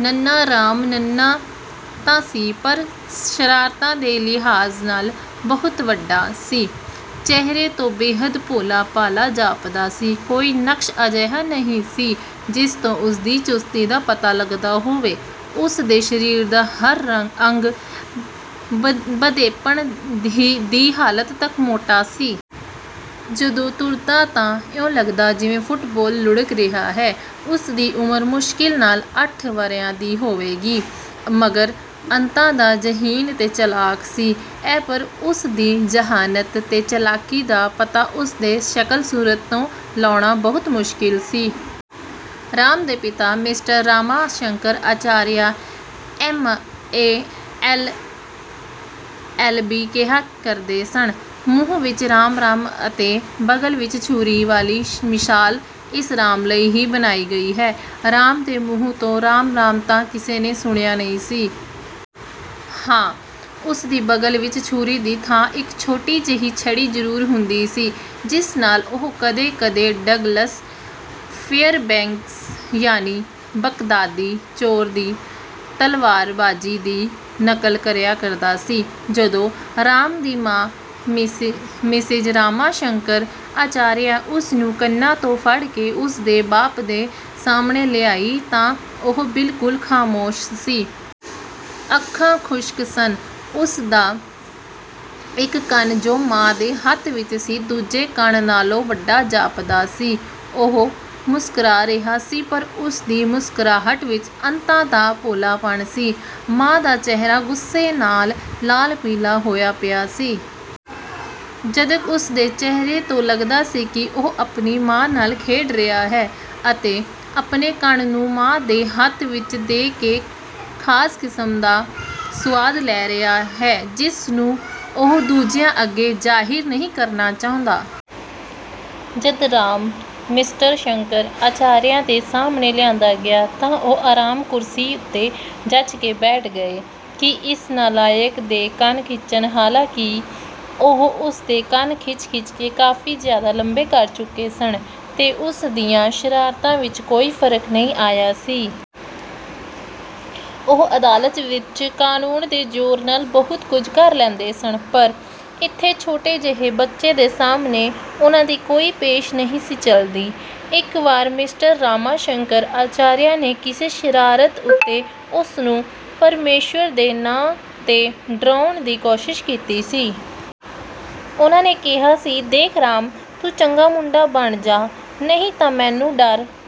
ਨੰਨ੍ਹਾ ਰਾਮ ਨੰਨ੍ਹਾ ਤਾਂ ਸੀ ਪਰ ਸ਼ਰਾਰਤਾਂ ਦੇ ਲਿਹਾਜ਼ ਨਾਲ ਬਹੁਤ ਵੱਡਾ ਸੀ। ਚਿਹਰੇ ਤੋਂ ਬੇਹੱਦ ਭੋਲਾ-ਭਾਲਾ ਜਾਪਦਾ ਸੀ। ਕੋਈ ਨਕਸ਼ ਅਜਿਹਾ ਨਹੀਂ ਸੀ ਜਿਸ ਤੋਂ ਉਸਦੀ ਚੁਸਤੀ ਦਾ ਪਤਾ ਲਗਦਾ ਹੋਵੇ। ਉਸ ਦੇ ਸਰੀਰ ਦਾ ਹਰ ਅੰਗ ਭੱਦੇਪਣ ਦੀ ਹਾਲਤ ਤਕ ਮੋਟਾ ਸੀ। ਜਦੋਂ ਤੁਰਦਾ ਤਾਂ ਇਉਂ ਲਗਦਾ ਜਿਵੇਂ ਫੁੱਟਬਾਲ ਲੁੜ੍ਹਕ ਰਿਹਾ ਹੈ। ਉਸਦੀ ਉਮਰ ਮੁਸ਼ਕਿਲ ਨਾਲ ਅੱਠ ਵਰ੍ਹਿਆਂ ਦੀ ਹੋਵੇਗੀ, ਮਗਰ ਅੰਤਾਂ ਦਾ ਜ਼ਹੀਨ ਤੇ ਚਲਾਕ ਸੀ। ਐਪਰ ਉਸ ਦੀ ਜ਼ਹਾਨਤ ਤੇ ਚਲਾਕੀ ਦਾ ਪਤਾ ਉਸ ਦੇ ਸ਼ਕਲ-ਸੂਰਤ ਤੋਂ ਲਾਉੇਣਾ ਬਹੁਤ ਮੁਸ਼ਕਿਲ ਸੀ। ਰਾਮ ਦੇ ਪਿਤਾ mister Rama Shankar Acharya MA LLB ਕਿਹਾ ਕਰਦੇ ਸਨ, "ਮੂੰਹ ਵਿਚ ਰਾਮ-ਰਾਮ ਅਤੇ ਬਗ਼ਲ ਵਿਚ ਛੁਰੀ" ਵਾਲੀ ਮਿਸਾਲ ਇਸ ਰਾਮ ਲਈ ਹੀ ਬਣਾਈ ਗਈ ਹੈ। ਰਾਮ ਦੇ ਮੂੰਹ ਤੋਂ ਰਾਮ-ਰਾਮ ਤਾਂ ਕਿਸੇ ਨੇ ਸੁਣਿਆ ਨਹੀਂ ਸੀ। ਹਾਂ, ਉਸ ਦੀ ਬਗ਼ਲ ਵਿਚ ਛੁਰੀ ਦੀ ਥਾਂ ਇਕ ਛੋਟੀ ਜਿਹੀ ਛੜੀ ਜ਼ਰੂਰ ਹੁੰਦੀ ਸੀ ਜਿਸ ਨਾਲ ਉਹ ਕਦੇ-ਕਦੇ ਡਗਲਸ ਫੇਅਰਬੈਂਕਸ ਯਾਨਿ ਬਗ਼ਦਾਦੀ ਚੋਰ ਦੀ ਤਲਵਾਰਬਾਜ਼ੀ ਦੀ ਨਕਲ ਕਰਿਆ ਕਰਦਾ ਸੀ। ਜਦੋਂ ਰਾਮ ਦੀ ਮਾਂ ਮਿਸਿਜ਼ ਰਾਮਾ ਸ਼ੰਕਰ ਅਚਾਰੀਆ ਉਸ ਨੂੰ ਕੰਨਾਂ ਤੋਂ ਫੜ ਕੇ ਉਸ ਦੇ ਬਾਪ ਦੇ ਸਾਹਮਣੇ ਲਿਆਈ ਤਾਂ ਉਹ ਬਿਲਕੁਲ ਖਾਮੋਸ਼ ਸੀ। ਅੱਖਾਂ ਖੁਸ਼ਕ ਸਨ। ਉਸ ਦਾ ਇਕ ਕੰਨ ਜੋ ਮਾਂ ਦੇ ਹੱਥ ਵਿਚ ਸੀ, ਦੂਜੇ ਕੰਨ ਨਾਲੋਂ ਵੱਡਾ ਜਾਪਦਾ ਸੀ। ਉਹ ਮੁਸਕਰਾ ਰਿਹਾ ਸੀ ਪਰ ਉਸ ਦੀ ਮੁਸਕਰਾਹਟ ਵਿਚ ਅੰਤਾਂ ਦਾ ਭੋਲਾਪਣ ਸੀ। ਮਾਂ ਦਾ ਚਿਹਰਾ ਗੁੱਸੇ ਨਾਲ ਲਾਲ-ਪੀਲਾ ਹੋਇਆ ਪਿਆ ਸੀ। ਜਦਕਿ ਉਸ ਦੇ ਚਿਹਰੇ ਤੋਂ ਲਗਦਾ ਸੀ ਕਿ ਉਹ ਆਪਣੀ ਮਾਂ ਨਾਲ ਖੇਡ ਰਿਹਾ ਹੈ ਅਤੇ ਆਪਣੇ ਕੰਨ ਨੂੰ ਮਾਂ ਦੇ ਹੱਥ ਵਿਚ ਦੇ ਕੇ ਇਕ ਖਾਸ ਕਿਸਮ ਦਾ ਸੁਆਦ ਲੈ ਰਿਹਾ ਹੈ ਜਿਸ ਨੂੰ ਉਹ ਦੂਜਿਆਂ ਅੱਗੇ ਜ਼ਾਹਿਰ ਨਹੀਂ ਕਰਨਾ ਚਾਹੁੰਦਾ। ਜਦ ਰਾਮ ਮਿਸਟਰ ਸ਼ੰਕਰ ਆਚਾਰੀਆ ਦੇ ਸਾਹਮਣੇ ਲਿਆਂਦਾ ਗਿਆ ਤਾਂ ਉਹ ਆਰਾਮ ਕੁਰਸੀ ਉਤੇ ਜਚ ਕੇ ਬੈਠ ਗਏ ਕਿ ਇਸ ਨਾਲਾਇਕ ਦੇ ਕੰਨ ਖਿੱਚਣ। ਹਾਲਾਂਕਿ ਉਹ ਉਸ ਦੇ ਕੰਨ ਖਿੱਚ-ਖਿੱਚ ਕੇ ਕਾਫੀ ਜ਼ਿਆਦਾ ਲੰਮੇ ਕਰ ਚੁੱਕੇ ਸਨ ਤੇ ਉਸ ਦੀਆਂ ਸ਼ਰਾਰਤਾਂ ਵਿਚ ਕੋਈ ਫਰਕ ਨਹੀਂ ਆਇਆ ਸੀ। ਉਹ ਅਦਾਲਤ ਵਿਚ ਕਾਨੂੰਨ ਦੇ ਜ਼ੋਰ ਨਾਲ ਬਹੁਤ ਕੁਝ ਕਰ ਲੈਂਦੇ ਸਨ ਪਰ ਇਥੇ ਛੋਟੇ ਜਿਹੇ ਬੱਚੇ ਦੇ ਸਾਹਮਣੇ ਉਨ੍ਹਾਂ ਦੀ ਕੋਈ ਪੇਸ਼ ਨਹੀਂ ਸੀ ਚਲਦੀ। ਇਕ ਵਾਰ ਮਿਸਟਰ ਰਾਮਾ ਸ਼ੰਕਰ ਅਚਾਰੀਆ ਨੇ ਕਿਸੇ ਸ਼ਰਾਰਤ ਉਤੇ ਉਸ ਨੂੰ ਪਰਮੇਸ਼ਰ ਦੇ ਨਾਂ 'ਤੇ ਡਰਾਉਣ ਦੀ ਕੋਸ਼ਿਸ਼ ਕੀਤੀ ਸੀ। ਉਨ੍ਹਾਂ ਨੇ ਕਿਹਾ ਸੀ, "ਦੇਖ ਰਾਮ, ਤੂੰ ਚੰਗਾ ਮੁੰਡਾ ਬਣ ਜਾਹ, ਨਹੀਂ ਤਾਂ ਮੈਨੂੰ ਡਰ